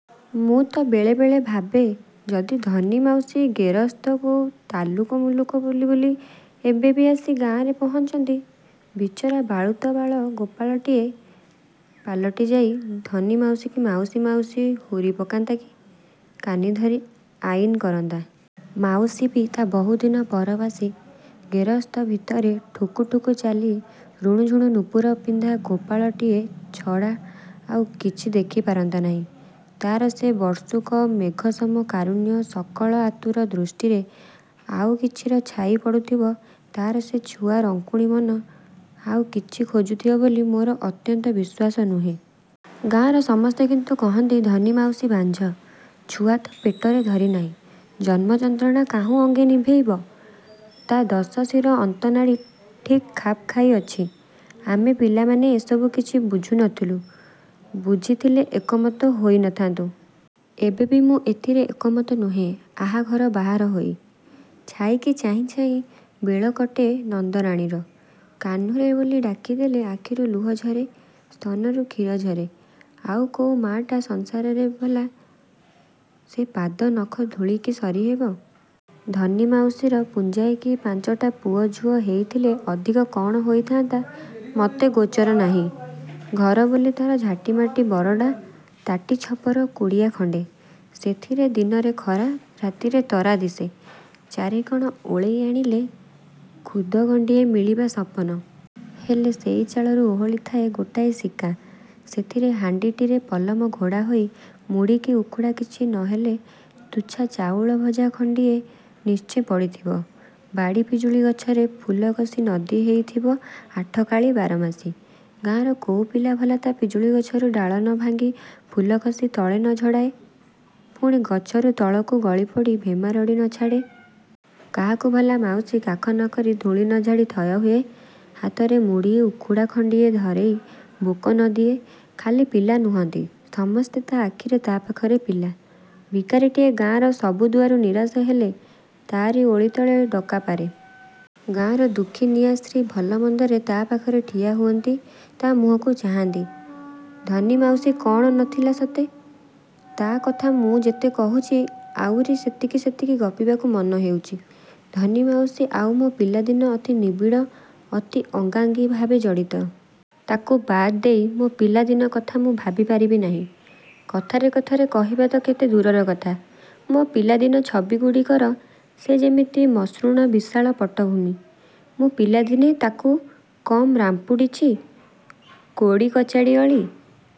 ମୁଁ ତ ବେଳେ ବେଳେ ଭାବେ ଯଦି ଧନୀ ମାଉସୀ ଗେରସ୍ତ କୋଉ ତାଲୁକ ମୁଲକ ବୁଲି ବୁଲି ଏବେ ବି ଆସି ଗାଁ'ରେ ପହଞ୍ଚନ୍ତି। ବିଚରା ବାଳୁତ ବାଳ ଗୋପାଳଟିଏ ପାଲଟି ଯାଇ ଧନୀ ମାଉସୀକି ମାଉସୀ ମାଉସୀ ହୁରି ପକାନ୍ତା କି କାନି ଧରି ଆଇନି କରନ୍ତା। ମାଉସୀ ବି ତା' ବହୁଦିନ ପରବାସି ଗେରସ୍ତ ଭିତରେ ଠୁକୁ ଠୁକୁ ଚାଲି ରୁଣୁ ଝୁଣୁ ନୂପୂର ପିନ୍ଧା ଗୋପାଳଟିଏ ଛଡ଼ା ଆଉ କିଛି ଦେଖି ପାରନ୍ତା ନାହିଁ। ତା'ର ସେ ବର୍ଷୁକ ମେଘସମ କାରୁଣ୍ୟ ସକଳ ଆତୁର ଦୃଷ୍ଟିରେ ଆଉ କିଛିର ଛାଇ ପଡ଼ୁଥିବ ତା'ର ସେ ଛୁଆ ରଙ୍କୁଣୀ ମନ ଆଉ କିଛି ଖୋଜୁଥିବ ବୋଲି ମୋର ଅତ୍ୟନ୍ତ ବିଶ୍ୱାସ ନୁହେଁ। ଗାଁ'ର ସମସ୍ତେ କିନ୍ତୁ କହନ୍ତି ଧନୀ ମାଉସୀ ବାଂଝ। ଛୁଆ ତ ପେଟରେ ଧରି ନାହିଁ– ଜନ୍ମ ଯନ୍ତ୍ରଣା କାହୁଁ ଅଙ୍ଗେ ନିଭେଇବ। ତା' ଦଶଶିର ଅନ୍ତ ନାଡ଼ି ଠିକ୍ ଖାପ୍ ଖାଇ ଅଛି। ଆମେ ପିଲାମାନେ ଏସବୁ କିଛି ବୁଝୁ ନଥିଲୁ ବୁଝିଥିଲେ ଏକ ମତ ହୋଇ ନଥା'ନ୍ତୁ। ଏବେ ବି ମୁଁ ଏଥିରେ ଏକ ମତ ନୁହେଁ ଆହା ଘର ବାହାର ହୋଇ। ଛାଈକି ଚାହିଁ ଚାହିଁ ବେଳ କଟେ ନନ୍ଦରାଣୀର କାହ୍ନୁରେ ବୋଲି ଡାକିଦେଲେ ଆଖିରୁ ଲୁହ ଝରେ, ସ୍ତନରୁ କ୍ଷୀର ଝରେ-। ଆଉ କୋଉ ମାଆଟା ସଂସାରରେ ଭଲା ସେ ପାଦ ନଖ ଧୂଳି କି ସରିହବ। ଧନୀ ମାଉସୀର ପୁଞ୍ଜାଏ କି ପାଞ୍ଚଟା ପୁଅ ଝୁଅ ହେଇଥିଲେ ଅଧିକା କ'ଣ ହୋଇଥା'ନ୍ତା ମତେ ଗୋଚର ନାହିଁ। ଘର ବୋଲି ତା'ର ଝାଟିମାଟି ବରଡ଼ା ତାଟି ଛପର କୁଡ଼ିଆ ଖଣ୍ଡେ। ସେଥିରେ ଦିନରେ ଖରା ରାତିରେ ତରା ଦିଶେ। ଚାରି କ'ଣ ଓଳେଇ ଆଣିଲେ ଖୁଦଗଣ୍ଡିଏ ମିଳିବା ସପନ। ହେଲେ ସେଇ ଚାଳରୁ ଓହଳି ଥାଏ ଗୋଟାଏ ଶିକା। ସେଥିରେ ହାଣ୍ଡିଟିରେ ପଲମ ଘୋଡ଼ା ହୋଇ ମୁଢ଼ି କି ଉଖୁଡ଼ା କିଛି ନ ହେଲେ ତୁଚ୍ଛା ଚାଉଳ ଭଜା ଖଣ୍ଡିଏ ନିଶ୍ଚେ ପଡ଼ିଥିବ। ବାଡ଼ି ପିଜୁଳି ଗଛରେ ଫୁଲକସି ନଦି ହେଇଥିବ ଆଠକାଳି ବାରମାସୀ। ଗାଁ'ର କୋଉ ପିଲା ଭଲା ତା' ପିଜୁଳି ଗଛରୁ ଡାଳ ନଭାଙ୍ଗି ଫୁଲକସି ତଳେ ନଝଡ଼ାଏ, ପୁଣି ଗଛରୁ ତଳକୁ ଗଳି ପଡ଼ି ଭେମାରଡ଼ି ନଛାଡ଼େ? କାହାକୁ ଭଲା ମାଉସୀ କାଖ ନକରି ଧୂଳି ନ ଝାଡ଼ି ଥୟ ହୁଏ? ହାତରେ ମୁଢ଼ି ଉଖୁଡ଼ା ଗଣ୍ଡିଏ ଧରେଇ ବୋକ ନଦିଏ। ଖାଲି ପିଲା ନୁହଁନ୍ତି ସମସ୍ତେ ତା' ଆଖିରେ, ତା' ପାଖରେ ପିଲା। ଭିକାରିଟିଏ ଗାଁ'ର ସବୁ ଦୁଆରୁ ନିରାଶ ହେଲେ ତା'ରି ଓଳିତଳେ ଡକାପାରେ। ଗାଁର ଦୁଃଖୀ ନିଆଶ୍ରୀ ଭଲ ମନ୍ଦରେ ତା' ପାଖରେ ଠିଆ ହୁଅନ୍ତି ତା' ମୁହଁକୁ ଚାହାଁନ୍ତି। ଧନୀ ମାଉସୀ କ'ଣ ନଥିଲା ସତେ? ତା' କଥା ମୁଁ ଯେତେ କହୁଚି ଆଉରି ସେତିକି ସେତିକି ଗପିବାକୁ ମନ ହେଉଛି। ଧନୀ ମାଉସୀ ଆଉ ମୋ ପିଲାଦିନ ଅତି ନିବିଡ଼ ଅତି ଅଙ୍ଗାଙ୍ଗୀ ଭାବେ ଜଡ଼ିତ। ତାକୁ ବାଦ ଦେଇ ମୋ ପିଲାଦିନ କଥା ମୁଁ ଭାବି ପାରିବି ନାହିଁ। କଥାରେ କଥାରେ କହିବା ତ କେତେ ଦୂରର କଥା। ମୋ ପିଲାଦିନ ଛବି ଗୁଡ଼ିକର ସେ ଯେମିତି ମସୃଣ ବିଶାଳ ପଟ୍ଟଭୂମି। ମୁଁ ପିଲାଦିନେ ତାକୁ କମ୍ ରାମ୍ପୁଡ଼ିଛି କୋଡ଼ି କଚାଡ଼ି ଅଳି